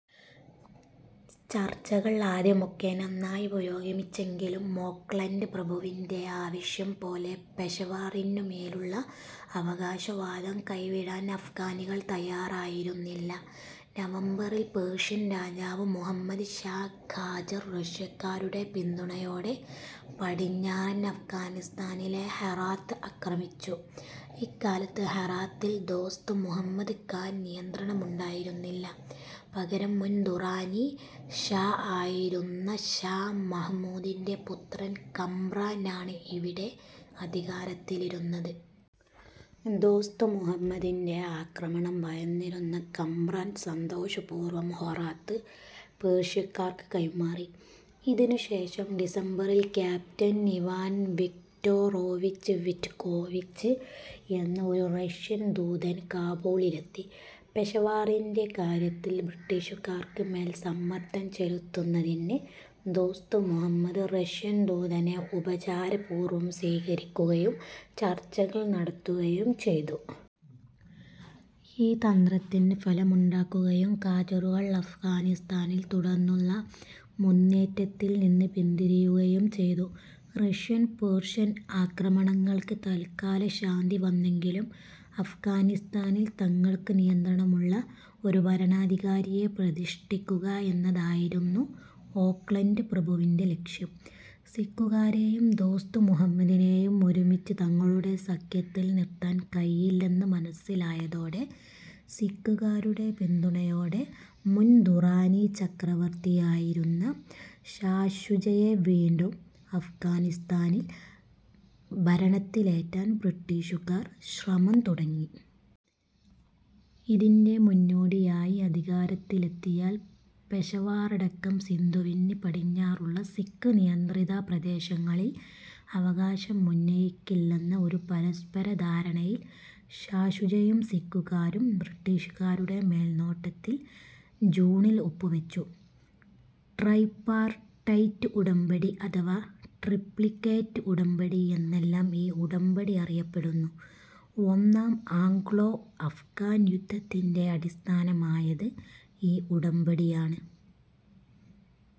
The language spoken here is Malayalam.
ചർച്ചകൾ ആദ്യമൊക്കെ നന്നായി പുരോഗമിച്ചെങ്കിലും ഓക്ലന്റ് പ്രഭുവിന്റെ ആവശ്യം പോലെ പെഷവാറിനു മേലുള്ള അവകാശവാദം കൈവിടാൻ അഫ്ഗാനികൾ തയാറയിരുന്നില്ല. നവംബറിൽ പേർഷ്യൻ രാജാവ് മുഹമ്മദ് ഷാ ഖാജർ റഷ്യക്കാരുടെ പിന്തുണയോടെ പടിഞ്ഞാറൻ അഫ്ഗാനിസ്താനിലെ ഹെറാത്ത് ആക്രമിച്ചു. ഇക്കാലത്ത്, ഹെറാത്തിൽ ദോസ്ത് മുഹമ്മദ് ഖാന് നിയന്ത്രണമുണ്ടായിരുന്നില്ല. പകരം മുൻ ദുറാനി ഷാ ആയിരുന്നഷാ മഹ്മൂദിന്റെ പുത്രൻ കമ്രാൻ ആണ് ഇവിടെ അധികാരത്തിലിരുന്നത്. ദോസ്ത് മുഹമ്മദിന്റെ ആക്രമണം ഭയന്നിരുന്ന കമ്രാൻ സന്തോഷപൂർവ്വം ഹെറാത്ത് പേർഷ്യക്കാർക്ക് കൈമാറി. ഇതിനു ശേഷം ഡിസംബറിൽ ക്യാപ്റ്റൻ ഇവാൻ വിക്റ്റൊറോവിച്ച് വിറ്റ്കോവിച്ച് എന്ന ഒരു റഷ്യൻ ദൂതൻ കാബൂളിലെത്തി. പെഷവാറിന്റെ കാര്യത്തിൽ ബ്രിട്ടീഷുകാർക്കു മേൽ സമ്മർദ്ദം ചെലുത്തുന്നതിന് ദോസ്ത് മുഹമ്മദ്, റഷ്യൻ ദൂതനെ ഉപചാരപൂർവ്വം സ്വീകരിക്കുകയും ചർച്ചകൾ നടത്തുകയും ചെയ്തു. ഈ തന്ത്രത്തിന് ഫലമുണ്ടാകുകയും ഖാജറുകൾ അഫ്ഗാനിസ്താനിൽ തുടർന്നുള്ള മുന്നേറ്റത്തിൽ നിന്ന് പിന്തിരിയുകയും ചെയ്തു. റഷ്യൻ പേർഷ്യൻ ആക്രമണങ്ങൾക്ക് തൽക്കാലശാന്തി വന്നെങ്കിലും അഫ്ഗാനിസ്താനിൽ തങ്ങൾക്ക് നിയന്ത്രണമുള്ള ഒരു ഭരണാധികാരിയെ പ്രതിഷ്ഠിക്കുക എന്നതായിരുന്നു ഓക്ലന്റ് പ്രഭുവിന്റെ ലക്ഷ്യം. സിഖുകാരെയും ദോസ്ത് മുഹമ്മദിനെയും ഒരുമിച്ച് തങ്ങളുടെ സഖ്യത്തിൽ നിർത്താൻ കഴിയില്ലെന്ന് മനസ്സിലായതോടെ, സിഖുകാരുടെ പിന്തുണയോടെ മുൻ ദുറാനി ചക്രവർത്തിയായിരുന്ന ഷാ ഷുജയെ വീണ്ടും അഫ്ഗാനിസ്താനിൽ ഭരണത്തിലേറ്റാൻ ബ്രിട്ടീഷുകാർ ശ്രമം തുടങ്ങി. ഇതിന്റെ മുന്നോടിയായി, അധികാരത്തിലെത്തിയാൽ പെഷവാറടക്കം സിന്ധുവിന് പടിഞ്ഞാറുള്ള സിഖ് നിയന്ത്രിതപ്രദേശങ്ങളിൽ അവകാശമുന്നയിക്കില്ലെന്ന ഒരു പരസ്പരധാരണയിൽ ഷാ ഷുജയും സിഖുകാരും, ബ്രിട്ടീഷുകാരുടെ മേൽനോട്ടത്തിൽ ജൂണിൽ ഒപ്പുവച്ചു. ട്രൈപാർട്ടൈറ്റ് ഉടമ്പടി അഥവാ ട്രിപ്ലിക്കേറ്റ് ഉടമ്പടി എന്നെല്ലാം ഈ ഉടമ്പടി അറിയപ്പെടുന്നു. ഒന്നാം ആംഗ്ലോ-അഫ്ഗാൻ യുദ്ധത്തിന്റെ അടിസ്ഥാനമായത് ഈ ഉടമ്പടിയാണ്.